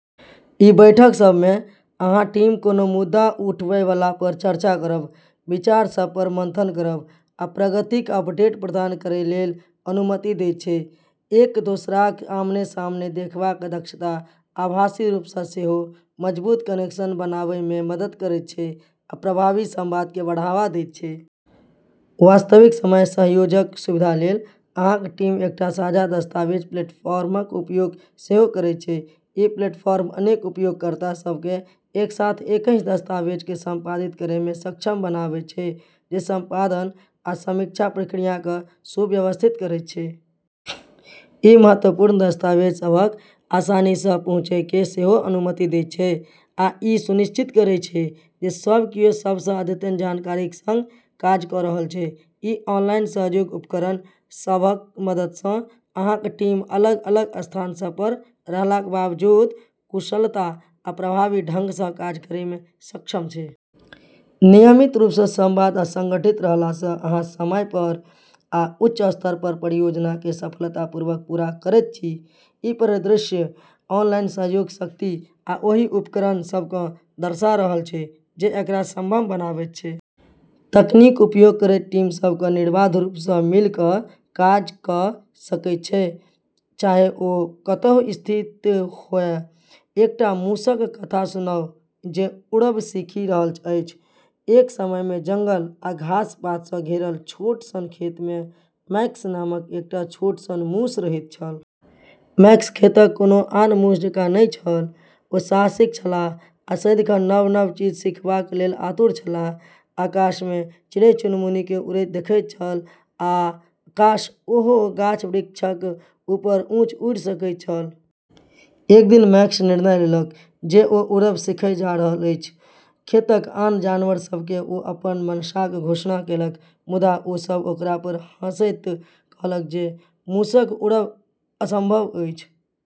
ई बैठक सभमे अहाँक टीम कोनो मुद्दा उठैवालापर चर्चा करब, विचार सभपर मंथन करब, आ प्रगतिक अपडेट प्रदान करै लेल अनुमति दैत छै। एक दोसराक आमने-सामने देखबाक क्षमता, आभासी रूपसँ सेहो, मजबूत कनेक्शन बनाबैमे मदद करैत छै आ प्रभावी संवादकेँ बढ़ावा दैत छै। वास्तविक समय सहयोगक सुविधा लेल, अहाँक टीम एकटा साझा दस्तावेज प्लेटफॉर्मक उपयोग सेहो करैत छै। ई प्लेटफॉर्म अनेक उपयोगकर्ता सभकेँ एक साथ एकही दस्तावेजकेँ संपादित करैमे सक्षम बनाबैत छै, जे संपादन आ समीक्षा प्रक्रियाकेँ सुव्यवस्थित करैत छै। ई महत्वपूर्ण दस्तावेज सभक आसानीसँ पहुँचकेँ सेहो अनुमति दैत छै आ ई सुनिश्चित करैत छै जे सब कियो सबसँ अद्यतन जानकारीक संग काज कऽ रहल छै। ई ऑनलाइन सहयोग उपकरण सभक मददसँ, अहाँक टीम अलग-अलग स्थान सभपर रहलाक बावजूद, कुशलता आ प्रभावी ढंगसँ काज करैमे सक्षम छै। नियमित रूपसँ संवाद आ संगठित रहलासँ अहाँ समयपर आ उच्च स्तरपर परियोजनाकेँ सफलतापूर्वक पूरा करैत छी। ई परिदृश्य ऑनलाइन सहयोगक शक्ति आ ओहि उपकरण सभकेँ दर्शा रहल छै जे एकरा संभव बनाबैत छै। तकनीकक उपयोग करैत टीम सभकेँ निर्बाध रूपसँ मिलि कऽ काज कऽ सकैत छै, चाहे ओ कतहु स्थित होअए। एकटा मूसक कथा सुनाउ जे उड़ब सीखि रहल अछि। एक समयमे जंगल आ घास-पातसँ घेरल छोट सन खेतमे मैक्स नामक एकटा छोट सन मूस रहैत छल। मैक्स खेतक कोनो आन मूस जकाँ नहि छल; ओ साहसिक छलाह आ सदिखन नव-नव चीज सीखबाक लेल आतुर छलाह। आकाशमे चिड़ै-चुनमुनीकेँ उड़ैत देखैत छल आ काश, ओहो गाछ-वृक्षक ऊपर ऊँच उड़ि सकैत छल। एक दिन मैक्स निर्णय लेलक जे ओ उड़ब सीखै जा रहल अछि। खेतक आन जानवर सभकेँ ओ अपन मंशाक घोषणा केलक, मुदा ओ सभ ओकरापर हँसैत कहलक जे मूसक उड़ब असंभव अछि।